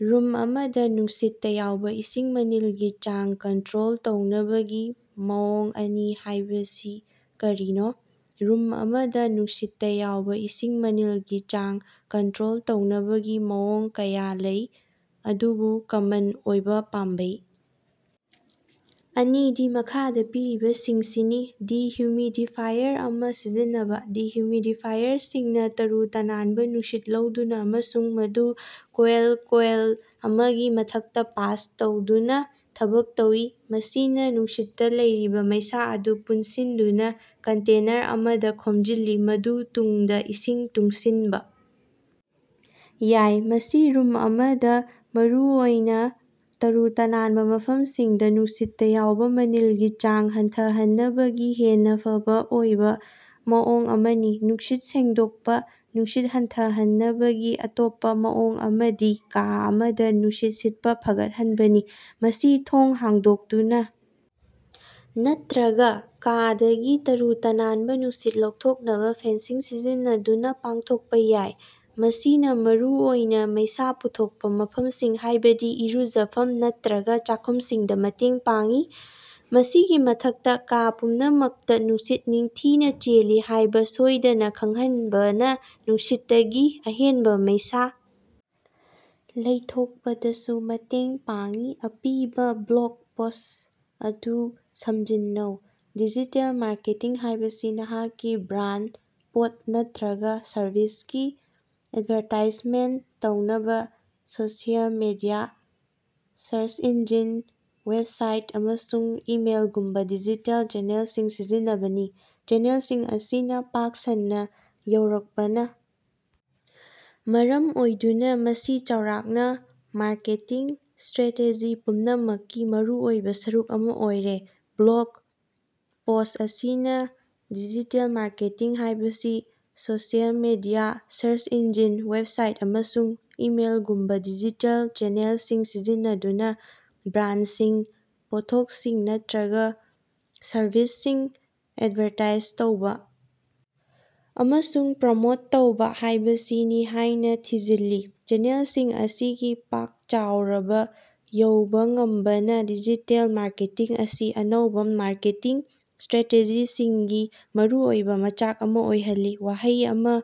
Room ꯑꯃꯗ ꯅꯨꯡꯁꯤꯠ ꯇ ꯌꯥꯎꯕ ꯏꯁꯤꯡ ꯃꯅꯤꯜ ꯒꯤ ꯆꯥꯡ ꯀꯟꯇ꯭ꯔꯣꯜ ꯇꯧꯅꯕꯒꯤ ꯃꯑꯣꯡ ꯑꯅꯤ ꯍꯥꯢꯕꯁꯤ ꯀꯔꯤꯅꯣ? ꯔꯨꯝ ꯑꯃꯗ ꯅꯨꯡꯁꯤꯠ ꯇ ꯌꯥꯎꯕ ꯏꯁꯤꯡ ꯃꯅꯤꯜ ꯒꯤ ꯆꯥꯡ ꯀꯟꯇ꯭ꯔꯣꯜ ꯇꯧꯅꯕꯒꯤ ꯃꯑꯣꯡ ꯀꯌꯥ ꯂꯩ ꯑꯗꯨꯕꯨ ꯀꯃꯟ ꯑꯣꯏꯕ ꯄꯥꯝꯕꯩ ꯑꯅꯤꯗꯤ ꯃꯈꯥꯗ ꯄꯤꯔꯤꯕꯁꯤꯡꯁꯤꯅꯤ: ꯗꯤꯍꯨꯃꯤꯗꯤꯐꯥꯏꯌꯔ ꯑꯃ ꯁꯤꯖꯤꯟꯅꯕ: ꯗꯤꯍꯨꯃꯤꯗꯤꯐꯥꯏꯌꯔꯁꯤꯡꯅ ꯇꯔꯨ-ꯇꯅꯥꯟꯕ ꯅꯨꯡꯁꯤꯠ ꯂꯧꯗꯨꯅ ꯑꯃꯁꯨꯡ ꯃꯗꯨ ꯀꯣꯜꯗ ꯀꯣꯏꯜ ꯑꯃꯒꯤ ꯃꯊꯛꯇ ꯄꯥꯁ ꯇꯧꯗꯨꯅꯥ ꯊꯕꯛ ꯇꯧꯏ꯫ ꯃꯁꯤꯅ ꯅꯨꯡꯁꯤꯠꯇ ꯂꯩꯔꯤꯕ ꯃꯩꯁꯥ ꯑꯗꯨ ꯄꯨꯟꯁꯤꯟꯗꯨꯅ ꯀꯟꯇꯦꯅꯔ ꯑꯃꯗ ꯈꯣꯝꯖꯤꯜꯂꯤ ꯃꯗꯨ ꯇꯨꯡꯗ ꯏꯁꯤꯡ ꯇꯨꯡꯁꯤꯟꯕ ꯌꯥꯏ꯫ ꯃꯁꯤ ꯔꯨꯝ ꯑꯃꯗ ꯃꯔꯨꯑꯣꯏꯅ ꯇꯔꯨ-ꯇꯅꯥꯟꯕ ꯃꯐꯝꯁꯤꯡꯗ ꯅꯨꯡꯁꯤꯠ ꯇ ꯌꯥꯎꯕ ꯃꯅꯤꯜꯒꯤ ꯆꯥꯡ ꯍꯟꯊꯍꯟꯅꯕꯒꯤ ꯍꯦꯟꯅ ꯐꯕ ꯑꯣꯏꯕ ꯃꯑꯣꯡ ꯑꯃꯅꯤ꯫ ꯅꯨꯡꯁꯤꯠ ꯁꯦꯡꯗꯣꯛꯄ: ꯅꯨꯡꯁꯤꯠ ꯍꯟꯊꯍꯟꯅꯕꯒꯤ ꯑꯇꯣꯞꯄ ꯃꯑꯣꯡ ꯑꯃꯗꯤ ꯀꯥ ꯑꯃꯗ ꯅꯨꯡꯁꯤꯠ ꯁꯤꯠꯄ ꯐꯒꯠꯍꯟꯕꯅꯤ꯫ ꯃꯁꯤ ꯊꯣꯡ ꯍꯥꯡꯗꯣꯛꯇꯨꯅ ꯅꯠꯇ꯭ꯔꯒ ꯀꯥꯗꯒꯤ ꯇꯔꯨ-ꯇꯅꯥꯟꯕ ꯅꯨꯡꯁꯤꯠ ꯂꯧꯊꯣꯛꯅꯕ ꯐꯦꯟꯁꯤꯡ ꯁꯤꯖꯤꯟꯅꯗꯨꯅ ꯄꯥꯡꯊꯣꯛꯄ ꯌꯥꯏ꯫ ꯃꯁꯤꯅ ꯃꯔꯨꯑꯣꯏꯅ ꯃꯩꯁꯥ ꯄꯨꯊꯣꯛꯄ ꯃꯐꯝꯁꯤꯡ ꯍꯥꯢꯕꯗꯤ ꯏꯔꯨꯖꯐꯝ ꯅꯠꯇ꯭ꯔꯒ ꯆꯥꯈꯨꯝꯁꯤꯡꯗ ꯃꯇꯦꯡ ꯄꯥꯡꯏ꯫ ꯃꯁꯤꯒꯤ ꯃꯊꯛꯇ, ꯀꯥ ꯄꯨꯝꯅꯃꯛꯇ ꯅꯨꯡꯁꯤꯠ ꯅꯤꯡꯊꯤꯅ ꯆꯦꯜꯂꯤ ꯍꯥꯢꯕ ꯁꯣꯢꯗꯅ ꯈꯪꯍꯟꯕꯅ ꯅꯨꯡꯁꯤꯠꯇꯒꯤ ꯑꯍꯦꯟꯕ ꯃꯩꯁꯥ ꯂꯧꯊꯣꯛꯄꯗꯁꯨ ꯃꯇꯦꯡ ꯄꯥꯡꯏ꯫ ꯑꯄꯤꯕꯥ ꯕ꯭ꯂꯣꯒ ꯄꯣꯁ꯭ꯠ ꯑꯗꯨ ꯁꯝꯖꯤꯟꯅꯧ꯫ ꯗꯤꯖꯤꯇꯦꯜ ꯃꯥꯔꯀꯦꯇꯤꯡ ꯍꯥꯢꯕꯁꯤ ꯅꯍꯥꯛꯀꯤ ꯕ꯭ꯔꯥꯟꯗ, ꯄꯣꯠ ꯅꯠꯇ꯭ꯔꯒ ꯁꯔꯚꯤꯁꯀꯤ ꯑꯦꯗꯚꯥꯔꯇꯥꯏꯖꯃꯦꯟꯇ ꯇꯧꯅꯕ social media, search engine, website ꯑꯃꯁꯨꯡ ꯏꯃꯦꯜꯒꯨꯝꯕ ꯗꯤꯖꯤꯇꯦꯜ ꯆꯦꯅꯦꯜꯁꯤꯡ ꯁꯤꯖꯤꯟꯅꯕꯅꯤ꯫ ꯆꯦꯅꯦꯜꯁꯤꯡ ꯑꯁꯤꯅ ꯄꯥꯛ ꯁꯟꯅ ꯌꯧꯔꯛꯄꯅ ꯃꯔꯝ ꯑꯣꯏꯗꯨꯅ ꯃꯁꯤ ꯆꯥꯎꯔꯥꯛꯅ ꯃꯥꯔꯀꯦꯇꯤꯡ ꯁꯇ꯭ꯔꯦꯇꯦꯖꯤ ꯄꯨꯝꯅꯃꯛꯀꯤ ꯃꯔꯨꯑꯣꯏꯕ ꯁꯔꯨꯛ ꯑꯃ ꯑꯣꯏꯔꯦ꯫ ꯕ꯭ꯂꯣꯒ ꯄꯣꯁ꯭ꯠ ꯑꯁꯤꯅ ꯗꯤꯖꯤꯇꯦꯜ ꯃꯥꯔꯀꯦꯇꯤꯡ ꯍꯥꯢꯕꯁꯤ social media, search engine, website ꯑꯃꯁꯨꯡ ꯏꯃꯦꯜꯒꯨꯝꯕ ꯗꯤꯖꯤꯇꯦꯜ ꯆꯦꯅꯦꯜꯁꯤꯡ ꯁꯤꯖꯤꯟꯅꯗꯨꯅ ꯕ꯭ꯔꯥꯟꯗꯁꯤꯡ, ꯄꯣꯠꯊꯣꯛꯁꯤꯡ, ꯅꯠꯇ꯭ꯔꯒ ꯁꯔꯚꯤꯁꯁꯤꯡ ꯑꯦꯗꯚꯥꯔꯇꯥꯏꯖ ꯇꯧꯕ ꯑꯃꯁꯨꯡ ꯄ꯭ꯔꯃꯣꯠ ꯇꯧꯕꯥ ꯍꯥꯢꯕꯁꯤꯅꯤ ꯍꯥꯢꯅꯥ ꯊꯤꯖꯤꯜꯂꯤ꯫ ꯆꯦꯅꯦꯜꯁꯤꯡ ꯑꯁꯤꯒꯤ ꯄꯥꯛ ꯆꯥꯎꯔꯕ ꯌꯧꯕ ꯉꯝꯕꯅ ꯗꯤꯖꯤꯇꯦꯜ ꯃꯥꯔꯀꯦꯇꯤꯡ ꯑꯁꯤ ꯑꯅꯧꯕ ꯃꯥꯔꯀꯦꯇꯤꯡ ꯁꯇ꯭ꯔꯦꯇꯦꯖꯤꯁꯤꯡꯒꯤ ꯃꯔꯨꯑꯣꯏꯕ ꯃꯆꯥꯛ ꯑꯃ ꯑꯣꯏꯍꯜꯂꯤ꯫ ꯋꯥꯍꯩ ꯑꯃ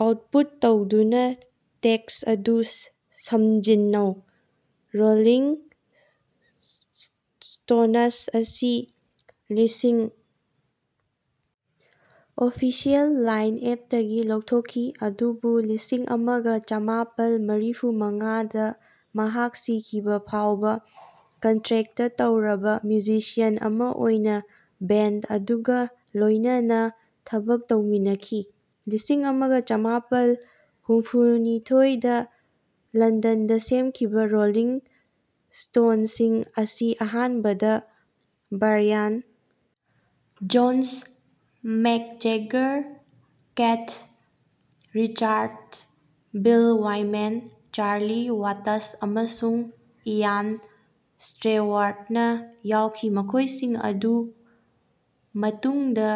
ꯑꯥꯎꯠꯄꯨꯠ ꯇꯧꯗꯨꯅ ꯇꯦꯛꯁ ꯑꯗꯨ ꯁꯃꯖꯤꯟꯅꯧ꯫ ꯔꯣꯂꯤꯡ ꯁ꯭ꯇꯣꯅꯁ ꯑꯁꯤ ꯂꯤꯁꯤꯡ ꯑꯣꯐꯤꯁꯤꯑꯦꯜ ꯂꯥꯏꯟ-ꯑꯞꯇꯒꯤ ꯂꯧꯊꯣꯛꯈꯤ ꯑꯗꯨꯕꯨ ꯂꯤꯁꯤꯡ ꯑꯃꯒ ꯆꯥꯃꯥꯄꯜ ꯃꯔꯤꯐꯨ ꯃꯉꯥꯗ ꯃꯍꯥꯛ ꯁꯤꯈꯤꯕ ꯐꯥꯎꯕ ꯀꯟꯇꯔꯦꯛꯇ ꯇꯧꯔꯕ ꯃ꯭ꯌꯨꯖꯤꯁꯤꯌꯥꯟ ꯑꯃ ꯑꯣꯏꯅ ꯕꯦꯟꯗ ꯑꯗꯨꯒ ꯂꯣꯢꯅꯅꯥ ꯊꯕꯛ ꯇꯧꯃꯤꯟꯅꯈꯤ꯫ ꯂꯤꯁꯤꯡ ꯑꯃꯒ ꯆꯥꯃꯥꯄꯜ ꯍꯨꯝꯐꯨꯅꯤꯊꯣꯏꯗ ꯂꯟꯗꯟꯗ ꯁꯦꯝꯈꯤꯕꯥ ꯔꯣꯂꯤꯡ ꯁ꯭ꯇꯣꯟꯁꯤꯡ ꯑꯁꯤ ꯑꯍꯥꯟꯕꯗ Brian Jones, Mick Jagger, Keith Richards, Bill Wyman, Charlie Watts ꯑꯃꯁꯨꯡ ꯏꯌꯥꯟ ꯁ꯭ꯇꯦꯋꯥꯔꯗꯅ ꯌꯥꯎꯈꯤ ꯃꯈꯣꯢꯁꯤꯡ ꯑꯗꯨ ꯃꯇꯨꯡꯗ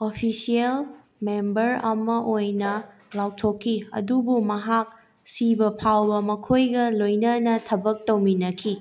ꯑꯣꯐꯤꯁꯤꯑꯦꯜ ꯃꯦꯝꯕꯔ ꯑꯃ ꯑꯣꯏꯅꯥ ꯂꯧꯊꯣꯛꯈꯤ ꯑꯗꯨꯕꯨ ꯃꯍꯥꯛ ꯁꯤꯕ ꯐꯥꯎꯕꯥ ꯃꯈꯣꯢꯒꯥ ꯂꯣꯢꯅꯅꯥ ꯊꯕꯛ ꯇꯧꯃꯤꯟꯅꯈꯤ꯫